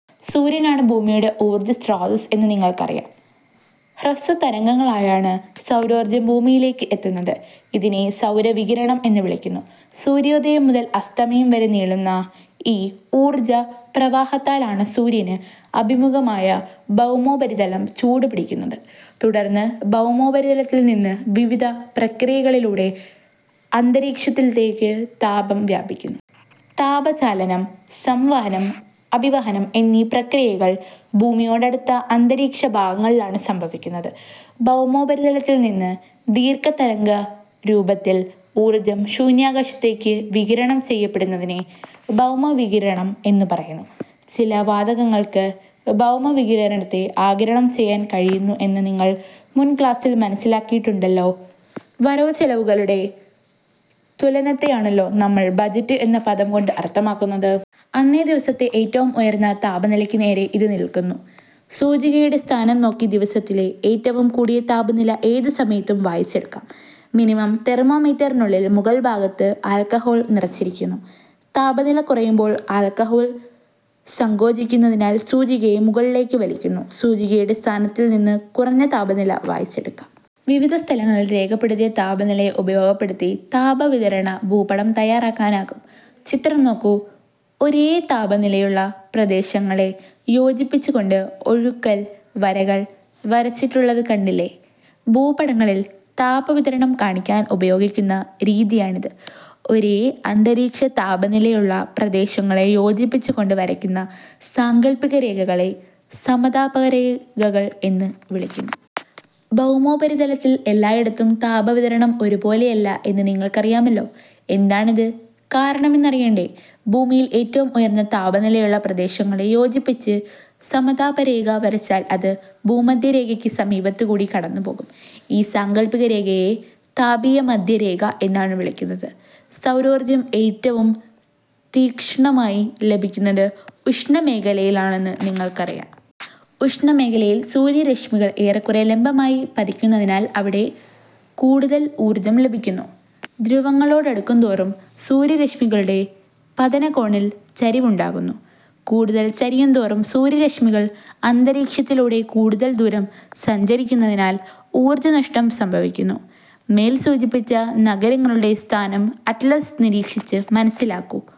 സൂര്യനാണ് ഭൂമിയുടെ ഊർജസ്രോതസ്സ് എന്ന് നിങ്ങൾക്കറിയാം. ഹ്രസ്വതരംഗങ്ങളായാണ് സൗരോർജം ഭൂമിയിലേക്ക് എത്തുന്നത്. ഇതിനെ സൗര വികിരണം എന്നു വിളിക്കുന്നു. സൂര്യോദയം മുതൽ അസ്തമയം വരെ നീളുന്ന ഈ ഊർജ പ്രവാഹത്താലാണ് സൂര്യന് അഭിമുഖമായ ഭൗമോപരിതലം ചൂടുപിടിക്കുന്നത്. തുടർന്ന് ഭൗമോപരിതലത്തിൽനിന്ന് വിവിധ പ്രക്രിയകളിലൂടെ അന്തരീക്ഷത്തിലേക്കു താപം വ്യാപിക്കുന്നു. താപചാലനം, സംവഹനം, അഭിവഹനം എന്നീ പ്രക്രിയകൾ ഭൂമിയോടടുത്ത അന്തരീക്ഷഭാഗങ്ങളിലാണ് സംഭവിക്കുന്നത്. ഭൗമോപരിതലത്തിൽനിന്നു ദീർഘതരംഗരൂപത്തിൽ ഊർജം ശൂന്യാകാശത്തേക്ക് വികിരണം ചെയ്യപ്പെടുന്നതിനെ ഭൗമവികിരണം എന്നു പറയുന്നു. ചില വാതകങ്ങൾക്ക് ഭൗമവികിരണത്തെ ആഗിരണം ചെയ്യാൻ കഴിയുന്നു എന്ന് നിങ്ങൾ മുൻക്ലാസിൽ മനസ്സിലാക്കിയിട്ടുണ്ടല്ലോ. വരവുചെലവുകളുടെ തുലനത്തെയാണല്ലോ നമ്മൾ ബജറ്റ് എന്ന പദം കൊണ്ട് അർഥമാക്കുന്നത്. അന്നേ ദിവസത്തെ ഏറ്റവും ഉയർന്ന താപനിലയ്ക്ക് നേരെ ഇത് നിൽക്കുന്നു. സൂചികയുടെ സ്ഥാനം നോക്കി ദിവസത്തിലെ ഏറ്റവും കൂടിയ താപനില ഏത് സമയത്തും വായിച്ചെടുക്കാം. മിനിമം തെർമോ മീറ്ററിനുള്ളിൽ മുകൾഭാഗത്ത് ആൾക്കഹോൾ നിറച്ചിരിക്കുന്നു. താപനില കുറയുമ്പോൾ ആൾക്കഹോൾ സങ്കോചിക്കുന്നതിനാൽ സൂചികയെ മുകളിലേക്ക് വലിക്കുന്നു. സൂചികയുടെ സ്ഥാനത്തിൽ നിന്നു കുറഞ്ഞ താപനില വായിച്ചെടുക്കാം. വിവിധ സ്ഥലങ്ങളിൽ രേഖപ്പെടുത്തിയ താപനിലയെ ഉപയോഗപ്പെടുത്തി താപവിതരണഭൂപടം തയാറാക്കാനാകും. ചിത്രം നോക്കൂ. ഒരേ താപനിലയുള്ള പ്രദേശങ്ങളെ യോജിപ്പിച്ചുകൊണ്ട് ഒഴുക്കൻ വരകൾ വരച്ചിട്ടുള്ളതു കണ്ടില്ലേ? ഭൂപടങ്ങളിൽ താപവിതരണം കാണിക്കാൻ ഉപയോഗിക്കുന്ന രീതിയാണിത്. ഒരേ അന്തരീക്ഷതാപനിലയുള്ള പ്രദേശങ്ങളെ യോജിപ്പിച്ചു കൊണ്ട് വരയ്ക്കുന്ന സാങ്കൽപിക രേഖകളെ സമതാപരേഖകൾ എന്നു വിളിക്കുന്നു. ഭൗമോപരിതലത്തിൽ എല്ലായിടത്തും താപവിതരണം ഒരുപോലെയല്ല എന്നു നിങ്ങൾക്കറിയാ മല്ലോ. എന്താണിതിന് കാരണമെന്നറിയണ്ടേ? ഭൂമിയിൽ ഏറ്റവും ഉയർന്ന താപനിലയുള്ള പ്രദേശങ്ങളെ യോജിപ്പിച്ച് സമതാപരേഖ വരച്ചാൽ അത് ഭൂമധ്യരേഖയ്ക്ക് സമീപത്തുകൂടി കടന്നുപോകും. ഈ സാങ്കൽപ്പിക രേഖയെ താപീയമധ്യരേഖ എന്നാണ് വിളിക്കുന്നത്. സൗരോർജം ഏറ്റവും തീക്ഷ്ണമായി ലഭിക്കുന്നത് ഉഷ്ണ മേഖലയിലാണെന്ന് നിങ്ങൾക്കറിയാം. ഉഷ്ണ മേഖലയിൽ സൂര്യ രശ്മികൾ ഏറക്കുറേ ലംബമായി പതിക്കുന്നതിനാൽ അവിടെ കൂടുതൽ ഊർജം ലഭിക്കുന്നു. ധ്രുവങ്ങളോടടുക്കുന്തോറും സൂര്യ രശ്മികളുടെ പതനകോണിൽ ചരിവുണ്ടാകുന്നു. കൂടുതൽ ചരിയുന്തോറും സൂര്യ രശ്മികൾ അന്തരീക്ഷത്തിലൂടെ കൂടുതൽ ദൂരം സഞ്ചരിക്കുന്നതിനാൽ ഊർജനഷ്ടം സംഭവിക്കുന്നു. മേൽ സൂചിപ്പിച്ച നഗരങ്ങളുടെ സ്ഥാനം അറ്റ്ലസ് നിരീക്ഷിച്ച് മനസ്സിലാക്കൂ.